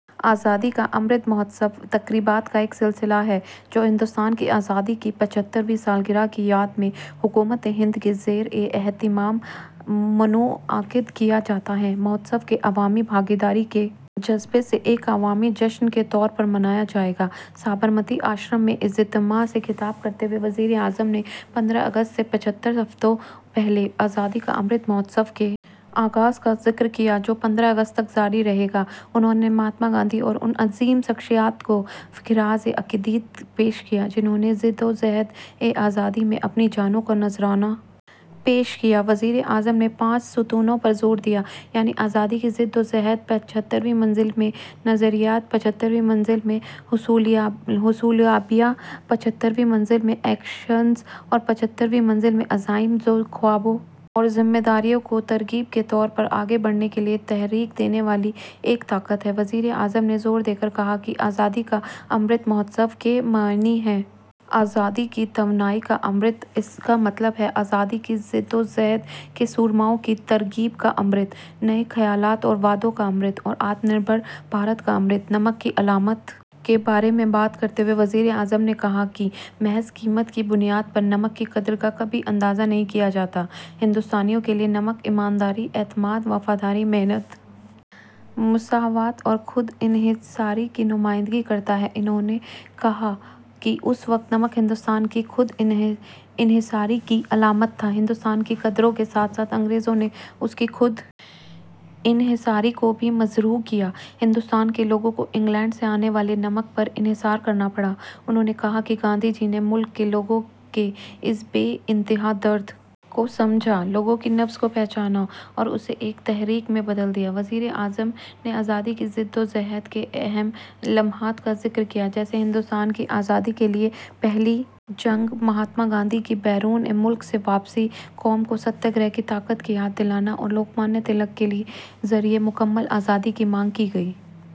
آزادی کا امرت مہوتسو تقریبات کا ایک سلسلہ ہے جو ہندوستان کی آزادی کی پچہترویں سالگرہ کی یاد میں حکومت ہند کے زیر اہتمام منعقد کیا جاتا ہے مہوتسو کو عوامی بھاگیداری کے جذبے سے ایک عوامی جشن کے طور پر منایا جائے گا سابرمتی آشرم میں اجتماع سے خطاب کرتے ہوئے وزیر اعظم نے پندرہ اگست سے پچہتر ہفتوں پہلے آزادی کا امرت مہوتسو کے آغاز کا ذکر کیا جو پندرہ اگست تک جاری رہے گا انہوں نے مہاتما گاندھی اور ان عظیم شخصیات کو خراج عقیدت پیش کیا جنہوں نے جدوجہد آزادی میں اپنی جانوں کا نذرانہ پیش کیا وزیر اعظم نے پانچ ستونوں پر زور دیا یعنی آزادی کی جدوجہد پچہترویں منزل میں نظریات پچہترویں منزل میں حصولیابیاں پچہترویں منزل میں ایکشنز اور پچہترویں منزل میں عزائم جو خوابوں اور ذمہ داریوں کو ترغیب کے طور پر آگے بڑھنے کے لیے تحریک دینے والی ایک طاقت ہیں وزیر اعظم نے زور دے کر کہا کہ آزادی کا امرت مہوتسو کے معنی ہیں آزادی کی توانائی کا امرت اس کا مطلب ہے آزادی کی جدوجہد کے سورماؤں کی ترغیب کا امرت نئے خیالات اور وعدوں کا امرت اور آتم نربھر بھارت کا امرت نمک کی علامت کے بارے میں بات کرتے ہوئے وزیر اعظم نے کہا کہ محض قیمت کی بنیاد پر نمک کی قدر کا کبھی اندازہ نہیں کیا جاتا ہندوستانیوں کے لیے نمک ایمانداری اعتماد وفاداری محنت مساوات اور خود انحصاری کی نمائندگی کرتا ہے انہوں نے کہا کہ اس وقت نمک ہندوستان کی خود انحصاری کی علامت تھا ہندوستان کی اقدار کے ساتھ ساتھ انگریزوں نے اس کی خود انحصاری کو بھی مجروح کیا ہندوستان کے لوگوں کو انگلینڈ سے آنے والے نمک پر انحصار کرنا پڑا انہوں نے کہا کہ گاندھی جی نے ملک کے لوگوں کے اس بے انتہا درد کو سمجھا لوگوں کی نبض کو پہچانا اور اسے ایک تحریک میں بدل دیا وزیر اعظم نے آزادی کی جدوجہد کے اہم لمحات کا ذکر کیا جیسے ہندوستان کی آزادی کے لیے پہلی جنگ مہاتما گاندھی کی بیرون ملک سے واپسی قوم کو ستیہ گرہ کی طاقت کی یاد دلانا اور لوک مانیہ تلک کے ذریعہ مکمل آزادی کی مانگ کی گئی